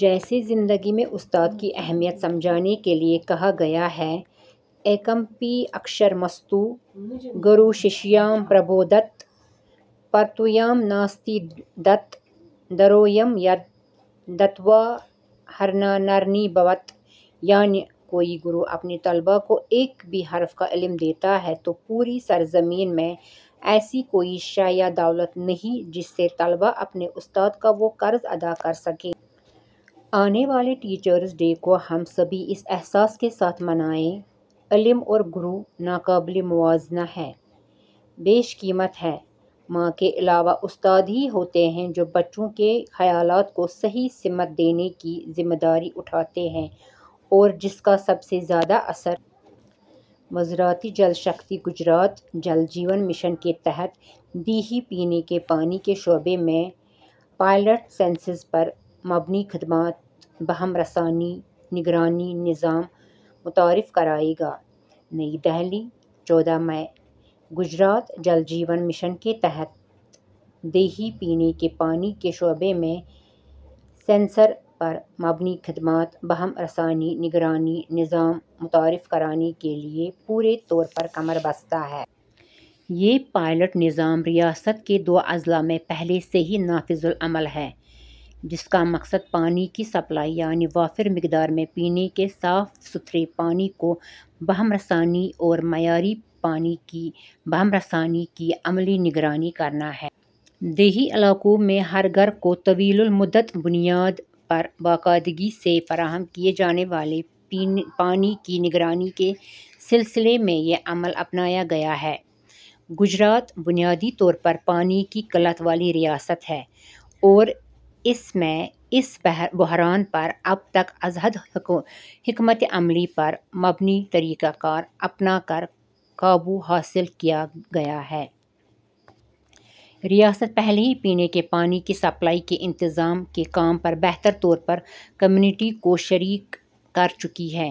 جیسے زندگی میں استاد کی اہمیت سمجھانے کے لیے کہا گیا ہے – ایکم پی اکشرمستو، گرو ششیام پربودھت۔ پرتویام ناستی تد-درویم، ید-دتّوا ہریہ نرنی بھوت۔ یعنی کوئی گرو اپنے طلباء کو ایک بھی حرف کا علم دیتا ہے تو پوری سرزمین میں ایسی کوئی شے یا دولت نہیں، جس سے طلباء اپنے استاد کا وہ قرض ادا کر سکیں۔ آنے والے ٹیچرس ڈے کو ہم سبھی اسی احساس کے ساتھ منائیں۔ علم اور گرو ناقابل موازنہ ہیں۔ بیش قیمت ہیں۔ ماں کے علاوہ استاد ہی ہوتے ہیں، جو بچوں کے خیالات کو صحیح سمت دینے کی ذمہ داری اٹھاتے ہیں اور جس کا سب سے زیادہ اثر۔ وزارتِ جل شکتی گجرات جل جیون مشن کے تحت دیہی پینے کے پانی کے شعبے میں پائلٹ سینسر پر مبنی خدمات بہم رسانی نگرانی نظام متعارف کرائے گا۔ نئی دہلی، چودہ مئی: گجرات جل جیون مشن کے تحت دیہی پینے کے پانی کے شعبے میں سینسر پر مبنی خدمات بہم رسانی نگرانی نظام متعارف کرانے کے لیے پورے طور پر کمربستہ ہے۔ یہ پائلٹ نظام ریاست کے دو اضلاع میں پہلے سے ہی نافذ العمل ہے، جس کا مقصد پانی کی سپلائی یعنی وافر مقدار میں پینے کے صاف ستھرے پانی کی بہم رسانی اور معیاری پانی کی بہم رسانی کی عملی نگرانی کرنا ہے۔ دیہی علاقوں میں ہر گھر کو طویل المدت بنیاد پر باقاعدگی سے فراہم کیے جانے والے پانی کی نگرانی کے سلسلے میں یہ عمل اپنایا گیا ہے۔ گجرات بنیادی طور پر پانی کی قلت والی ریاست ہے اور اس میں اس بحران پر اب تک ازحد حکمتِ عملی پر مبنی طریقہ کار اپنا کر قابو حاصل کیا ہے۔ ریاست پہلے ہی پینے کے پانی کی سپلائی کے انتظام کے کام میں بہتر طور پر کمیونٹی کو شریک کر چکی ہے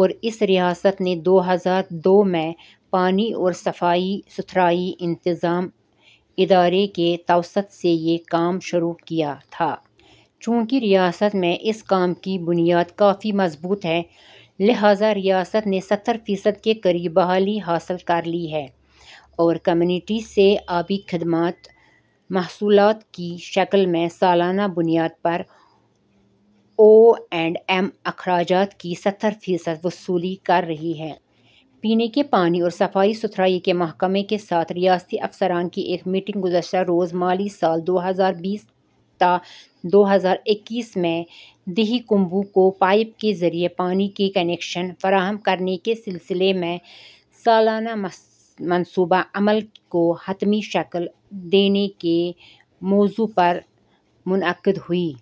اور اس ریاست نے دو ہزار دو میں پانی اور صفائی ستھرائی انتظام ادارے کے توسط سے یہ کام شروع کیا تھا۔ چونکہ ریاست میں اس کام کی بنیاد کافی مضبوط ہے لہٰذا ریاست نے ستر فیصد کے قریب بحالی حاصل کر لی ہے اور کمیونٹی سے آبی خدمات محصولات کی شکل میں سالانہ بنیاد پر او اینڈ ایم اخراجات کی ستر فیصد وصولی کر رہی ہے۔ پینے کے پانی اور صفائی ستھرائی کے محکمے کے ساتھ ریاستی افسران کی ایک میٹنگ گزشتہ روز مالی سال دو ہزار بیس تا دو ہزار اکیس میں دیہی کنبوں کو پائپ کے ذریعے پانی کے کنکشن فراہم کرنے کے سلسلے میں سالانہ منصوبۂ عمل کو حتمی شکل دینے کے موضوع پر منعقد ہوئی۔